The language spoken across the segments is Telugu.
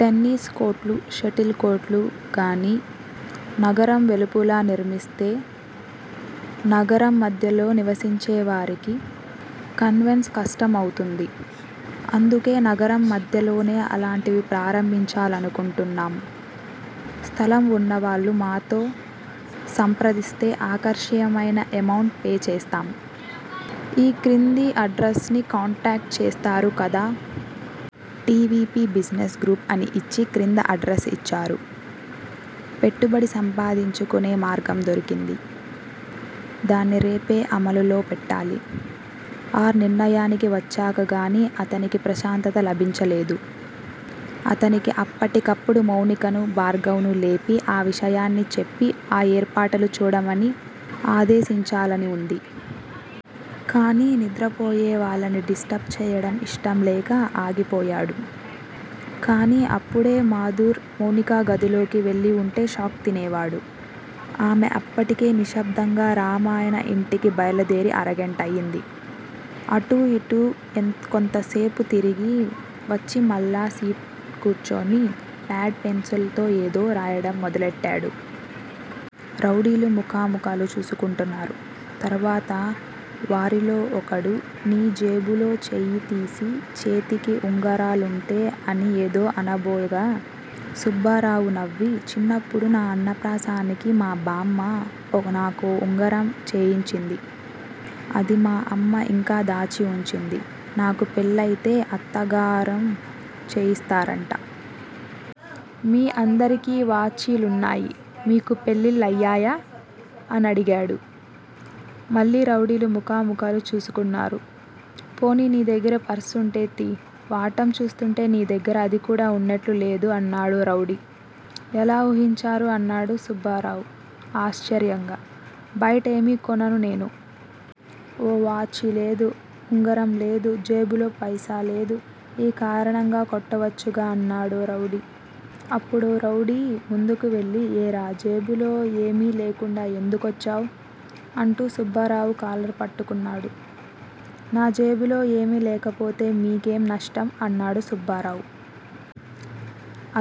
టెన్నిస్ కోర్ట్ లు, షటిల్ కోర్ట్ లు గాని నగరం వెలుపల నిర్మిస్తే నగరం మధ్యలో నివసించేవారికి కన్వన్స్ కష్టమవుతుంది. అందుకే నగరం మధ్యలోనే అలాంటివి ప్రారంభించాలనుకుంటున్నాం. స్థలం వున్నవాళ్ళు మాతో సంప్రదిస్తే ఆకర్షణీయమైన ఎమౌంట్ పే చేస్తాం. ఈ క్రింది అడ్రస్ కి కాంటాక్టు చేస్తారు కదూ. టివిపి బిజినెస్ గ్రూప్ అని ఇచ్చి క్రింద అడ్రస్ యిచ్చారు. పెట్టుబడి సంపాదించుకునే మార్గం దొరికింది. దాన్ని రేపే అమలులో పెట్టాలి. ఆ నిర్ణయానికి వచ్చాక గానీ అతనికి ప్రశాంతత లభించలేదు. అతనికి అప్పటికప్పుడు మౌనికను, భార్గవను లేపి ఆ విషయాన్ని చెప్పి ఆ ఏర్పాట్లు చూడమని ఆదేశించాలని వుంది. కానీ నిద్రపోయేవాళ్ళని డిస్ట్రబ్ చేయడం ఇష్టంలేక ఆగిపోయాడు. కానీ అప్పుడే మాధుర్ మౌనిక గదిలోకి వెళ్ళి వుంటే షాక్ తినేవాడు. ఆమె అప్పటికే నిశ్శబ్దంగా రామాయణ ఇంటికేసి బయలుదేరి అరగంటయింది. అటూ, ఇటూ ఒకింతసేపు తిరిగి వచ్చి మరలా సీట్లో కూర్చుని పేడ్, పెన్సిల్ ఏదో రాయడం మొదలెట్టాడు. రౌడీలు ముఖముఖాలు చూచుకున్నారు. తర్వాత వారిలో ఒకడు నీ జేబులో చెయ్యి తియ్యి. చేతికి ఉంగరాలుంటే అని ఏదో అనబోగా. సుబ్బారావు నవ్వి, చిన్నప్పుడు నా అన్నప్రాసనకి మా బామ్మ నాకో ఉంగరం చేయించింది. అది మా అమ్మ ఇంకా దాచి ఉంచింది. నాకు పెళ్ళయితే అత్తాగారo చేయిస్తారట. మీ అందరికీ వాచీలున్నాయి. మీకు పెళ్ళిళ్ళు అయిపోయాయా? అనడిగాడు. మళ్ళీ రౌడీలు ముఖముఖాలు చూసుకున్నారు- పోనీ నీ దగ్గర పర్సుంటే తీయి. వాటం చూస్తుంటే నీ దగ్గర అది కూడా ఉన్నట్లు లేదు అన్నాడో రౌడీ. ఎలా ఊహించారు? అన్నాడు సుబ్బారావు. ఆశ్చర్యంగా- బయట ఏమీ కొనను నేను. ఓ వాచీలేదు. ఉంగరం లేదు. జేబులో పైసా లేదు. ఈ కారణంగానైనా కొట్టొచ్చుగదా అన్నాడ రౌడీ. అప్పుడో రౌడీ ముందుకి వెళ్ళి ఏరా, జేబులో ఏమీ లేకుండా ఎందుకొచ్చావు? అంటూ సుబ్బారావు కలరు పట్టుకున్నాడు. నా జేబులో ఏమీ లేకపోతే మీకేం నష్టం? అన్నాడు సుబ్బారావు.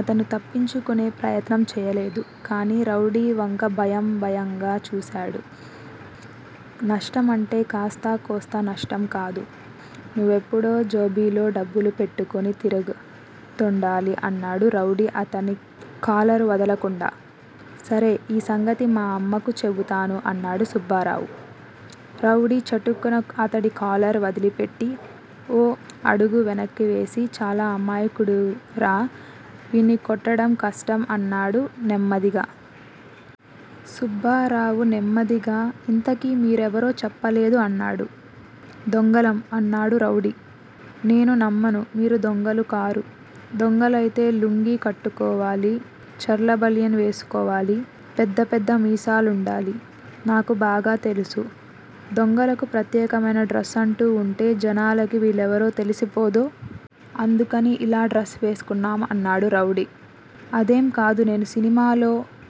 అతను తప్పించుకునే ప్రయత్నం చేయలేదు. కానీ రౌడీ వంక భయం భయంగా చూశాడు. నష్టమంటే కాస్తా కూస్తా నష్టంకాదు. నువ్వెప్పుడూ జేబులో డబ్బులు పెట్టుకుని తిరుగుతూండాలి అన్నాడు రౌడీ అతడి కాలరు వదలకుండా. సరే, ఈ సంగతి మా అమ్మకు చెబుతాను అన్నాడు సుబ్బారావు. రౌడీ చటుక్కున అతడి కాలరు వదిలిపెట్టి ఓ అడుగు వెనక్కువేసి చాలా అమాయకుడురా, వీణ్ణి కొట్టడం కష్టం అన్నాడు నెమ్మదిగా. సుబ్బారావు నెమ్మదిగా ఇంతకీ మీ రెవరో చెప్పలేదు అన్నాడు. దొంగలం! అన్నాడు రౌడీ. నేను నమ్మను మీరు దొంగలు కారు. దొంగలైతే గళ్ళలుంగీ కట్టుకోవాలి. చార్లా బనియన్ వేసుకోవాలి. పెద్ద పెద్ద మీసాలుండాలి. నాకు బాగా తెలుసు. దొంగలకు ప్రత్యేకమైన డ్రస్సంటూ ఉంటే జనాలకు విళ్ళెవరో తెలిసిపోదూ? అందుకని ఇలా డ్రస్సు వేసుకుంటాం అన్నాడు రౌడీ. అదేం కాదు. నేను సినిమాల్లో